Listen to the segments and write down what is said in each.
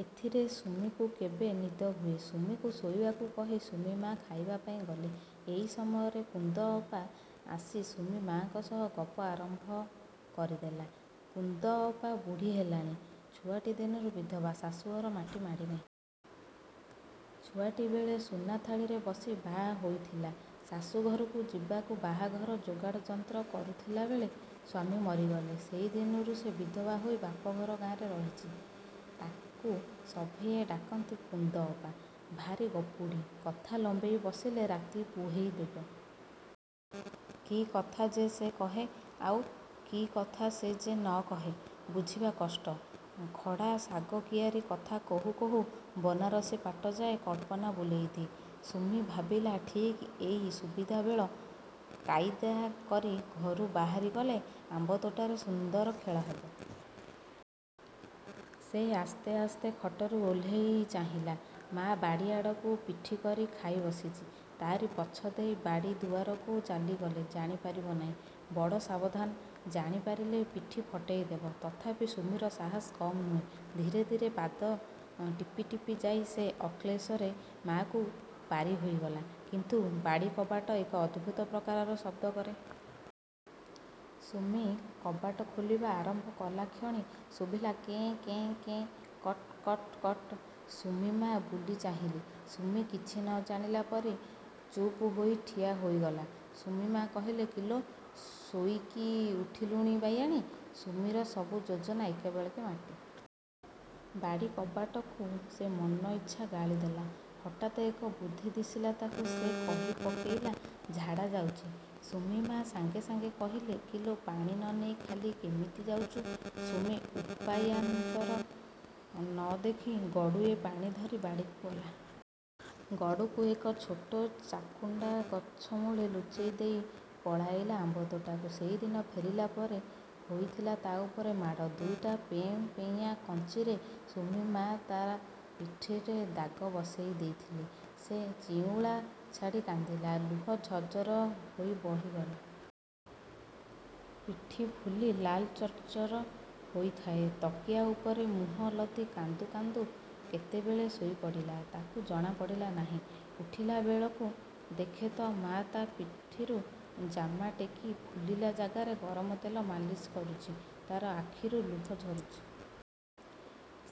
ଏଥିରେ ସୁମିକୁ କେବେ ନିଦ ହୁଏ? ସୁମିକୁ ଶୋଇବାକୁ କହି ସୁମି ମା ଖାଇବାପାଇଁ ଗଲେ। ଏଇ ସମୟରେ କୁନ୍ଦ ଅପା ଆସି ସୁମି ମା'ଙ୍କ ସହ ଗପ ଆରମ୍ଭ କରିଦେଲା। କୁନ୍ଦ ଅପା ବୁଢ଼ୀ ହେଲାଣି-। ଛୁଆଟି ଦିନରୁ ବିଧବା। ଶାଶୁଘର ମାଟି ମାଡ଼ି ନାହିଁ। ଛୁଆଟିବେଳେ ସୁନା ଥାଳିରେ ବସି ବାହା ହୋଇଥିଲା। ଶାଶୁଘରକୁ ଯିବାକୁ ବାହାଘର ଯୋଗାଡ଼ଯନ୍ତ୍ର କରୁଥିଲାବେଳେ ସ୍ୱାମୀ ମରିଗଲେ। ସେଇଦିନରୁ ସେ ବିଧବା ହୋଇ ବାପଘର ଗାଁରେ ରହିଚି। ତାକୁ ସଭିଏଁ ଡାକନ୍ତି କୁନ୍ଦ ଅପା। ଭାରି ଗପୁଡ଼ି। କଥା ଲମ୍ବେଇ ବସିଲେ ରାତି ପୁହେଇ ଦେବ। କି କଥା ଯେ ସେ କହେ–ଆଉ, କି କଥା ଯେ ସେ ନ କହେ–ବୁଝିବା କଷ୍ଟ। ଖଡ଼ା ଶାଗ କିଆରୀ କଥା କହୁ କହୁ ବନାରସୀ ପାଟ ଯାଏଁ କଳ୍ପନା ବୁଲେଇ ଦିଏ। ସୁମି ଭାବିଲା–ଠିକ୍ ଏଇ ସୁବିଧା ବେଳ। କାଇଦା କରି ଘରୁ ବାହାରିଗଲେ ଆମ୍ବ ତୋଟାରେ ସୁନ୍ଦର ଖେଳ ହେବ। ସେ ଆସ୍ତେ ଆସ୍ତେ ଖଟରୁ ଓହ୍ଲେଇ ଚାହିଁଲା–ମା' ବାଡ଼ିଆଡ଼କୁ ପିଠି କରି ଖାଇ ବସିଚି। ତା'ରି ପଛ ଦେଇ ବାଡ଼ି ଦୁଆରକୁ ଚାଲିଗଲେ ଜାଣିପାରିବ ନାଇଁ। ବଡ଼ ସାବଧାନ। ଜାଣିପାରିଲେ ପିଠି ଫଟେଇଦେବ। ତଥାପି ସୁମିର ସାହସ କମ୍ ନୁହେଁ। ଧୀରେ ଧୀରେ ପାଦ ଟିପି ଟିପି ଯାଇ ସେ ଅକ୍ଳେଶରେ ମା'କୁ ପାରି ହୋଇଗଲା; କିନ୍ତୁ ବାଡ଼ିକବାଟ ଏକ ଅଦ୍ଭୁତ ପ୍ରକାରର ଶବ୍ଦ କରେ। ସୁମି କବାଟ ଖୋଲିବା ଆରମ୍ଭ କଲାକ୍ଷଣି ଶୁଭିଲା–କେଁ କେଁ କେଁ କଟ୍-କଟ୍-କଟ୍। ସୁମିମା ବୁଲି ଚାହିଁଲେ। ସୁମି କିଛି ନ ଜାଣିଲା ପରି ଚୁପ୍ ହୋଇ ଠିଆ ହୋଇଗଲା। ସୁମି ମା କହିଲେ–'କିଲୋ, ଶୋଇକି ଉଠିଲୁକି ବାୟାଣୀ। ' ସୁମିର ସବୁ ଯୋଜନା ଏକାବେଳକେ ମାଟି। ବାଡ଼ିକବାଟକୁ ସେ ମନଇଚ୍ଛା ଗାଳି ଦେଲା। ହଠାତ୍ ଏକ ବୁଦ୍ଧି ଦିଶିଲା ତାକୁ–ସେ କହି ପକେଇଲା–ଝାଡ଼ା ଯାଉଚି। ସୁମି ମା ସାଙ୍ଗେ ସାଙ୍ଗେ କହିଲେ–''କିଲୋ ପାଣି ନ ନେଇ ଖାଲି କେମିତି ଯାଉଚୁ। '' ସୁମି ଉପାୟାନ୍ତର ନ ଦେଖି ଗଡ଼ୁଏ ପାଣି ଧରି ବାଡ଼ିକୁ ଗଲା। ଗଡ଼ୁକୁ ଏକ ଛୋଟ ଚାକୁଣ୍ଡା ଗଛ ମୂଳେ ଲୁଚେଇ ଦେଇ ପଳାଇଲା ଆମ୍ବତୋଟାକୁ। ସେଇ ଦିନ ଫେରିଲା ପରେ ହୋଇଥିଲା ତା ଉପରେ ମାଡ଼। ଦୁଇଟା ଫେଁ-ଫେଁଇଆ-କଞ୍ଚିରେ ସୁମି ମା ତାର ପିଠିରେ ଦାଗ ବସେଇ ଦେଇଥିଲେ। ସେ ଚିଉଳା ଛାଡ଼ି କାନ୍ଦିଲା, ଲୁହ ଝରଝର ହୋଇ ବହିଗଲା। ପିଠି ଫୁଲି ଲାଲ ଚର୍ଚ୍ଚର ହୋଇଥାଏ। ତକିଆ ଉପରେ ମୁହଁ ଲଦି କାନ୍ଦୁ କାନ୍ଦୁ କେତେବେଳେ ଶୋଇପଡ଼ିଲା ତାକୁ ଜଣାପଡ଼ିଲା ନାହିଁ। ଉଠିଲାବେଳକୁ ଦେଖେ ତ ମାଆ ତା ପିଠିରୁ ଜାମା ଟେକି ପୁଲିଲା ଜାଗାରେ ଗରମ ତେଲ ମାଲିସ କରୁଛି। ତାର ଆଖିରୁ ଲୁହ ଝରୁଚି।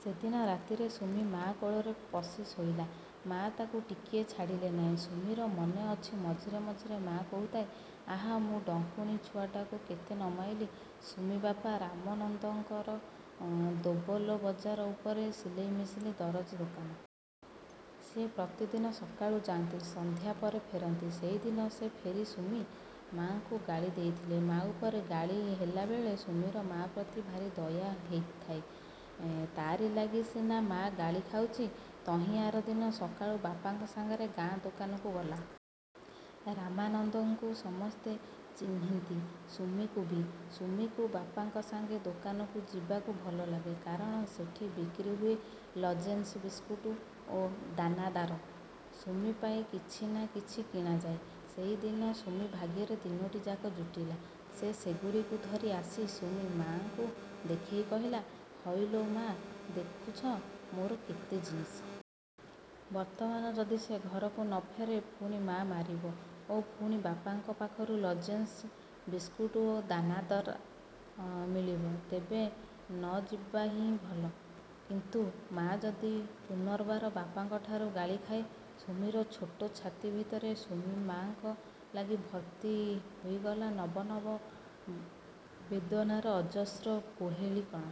ସେ ଦିନ ରାତିରେ ସୁମି ମା' କୋଳରେ ପଶି ଶୋଇଲା। ମା' ତାକୁ ଟିକିଏ ଛାଡ଼ିଲେ ନାଇଁ। ସୁମିର ମନେ ଅଛି ମଝିରେ ମଝିରେ ମା' କହୁଥାଏ–'ଆହା, ମୁଁ ଡଙ୍କୁଣୀ ଛୁଆଟାକୁ କେତେ ନ ମାଇଲି। ' ସୁମି-ବାପା ରାମାନନ୍ଦଙ୍କର ଦୋବଲ ବଜାର ଉପରେ ସିଲେଇ ମେସିନ ଦରଜୀ ଦୋକାନ। ସିଏ ପ୍ରତିଦିନ ସକାଳୁ ଯାଆନ୍ତି–ସଂଧ୍ୟା ପରେ ଫେରନ୍ତି। ସେଦିନ ସେ ଫେରି ସୁମି। ମା'ଙ୍କୁ ଗାଳି ଦେଇଥିଲେ। ମା' ଉପରେ ଗାଳି ହେଲାବେଳେ ସୁମିର ମାଆ ପ୍ରତି ଭାରି ଦୟା ହେଉଥାଏ। ତା'ରି ଲାଗି ସିନା ମାଆ ଗାଳି ଖାଉଛି। ତହିଁ ଆରଦିନ ସକାଳୁ ବାପାଙ୍କ ସାଙ୍ଗରେ ଗାଁ-ଦୋକାନକୁ ଗଲା। ରାମାନନ୍ଦଙ୍କୁ ସମସ୍ତେ ଚିହ୍ନିନ୍ତି। ସୁମିକୁ ବି। ସୁମିକୁ ବାପାଙ୍କ ସାଙ୍ଗେ ଦୋକାନକୁ ଯିବାକୁ ଭଲ ଲାଗେ। କାରଣ ସେଠି ବିକ୍ରୀ ହୁଏ–ଲଜେନ୍ସ, ବିସ୍କୁଟ ଓ ଦାନାଦାର। ସୁମି ପାଇଁ କିଛି ନା କିଛି କିଣାଯାଏ। ସେଦିନ ସୁମି ଭାଗ୍ୟରେ ତିନୋଟିଯାକ ଜୁଟିଲା। ସେ ସେଗୁଡ଼ିକୁ ଧରି ଆସି ସୁମି ମା'ଙ୍କୁ ଦେଖେଇ କହିଥିଲା–''ହଇଲୋ ମା' ଦେଖୁଛ ମୋର କେତେ ଜିନିଷ। '' ବର୍ତ୍ତମାନ ଯଦି ସେ ଘରକୁ ନ ଫେରେ ପୁଣି ମା' ମାରିବ ଓ ପୁଣି ବାପାଙ୍କ ପାଖରୁ ଲଜେନ୍ସ, ବିସ୍କୁଟ ଓ ଦାନଦାର ମିଳିବ। ତେବେ ନ ଯିବାହିଁ ଭଲ। କିନ୍ତୁ ମାଆ ଯଦି ପୁନର୍ବାର ବାପାଙ୍କଠାରୁ ଗାଳି ଖାଏ? ସୁମିର ଛୋଟ ଛାତି ଭିତରେ ସୁମିମା'ଙ୍କ ଲାଗି ଭର୍ତ୍ତି ହୋଇଗଲା ନବ ନବ ବେଦନାର ଅଜସ୍ର କୁହେଳିକଣା।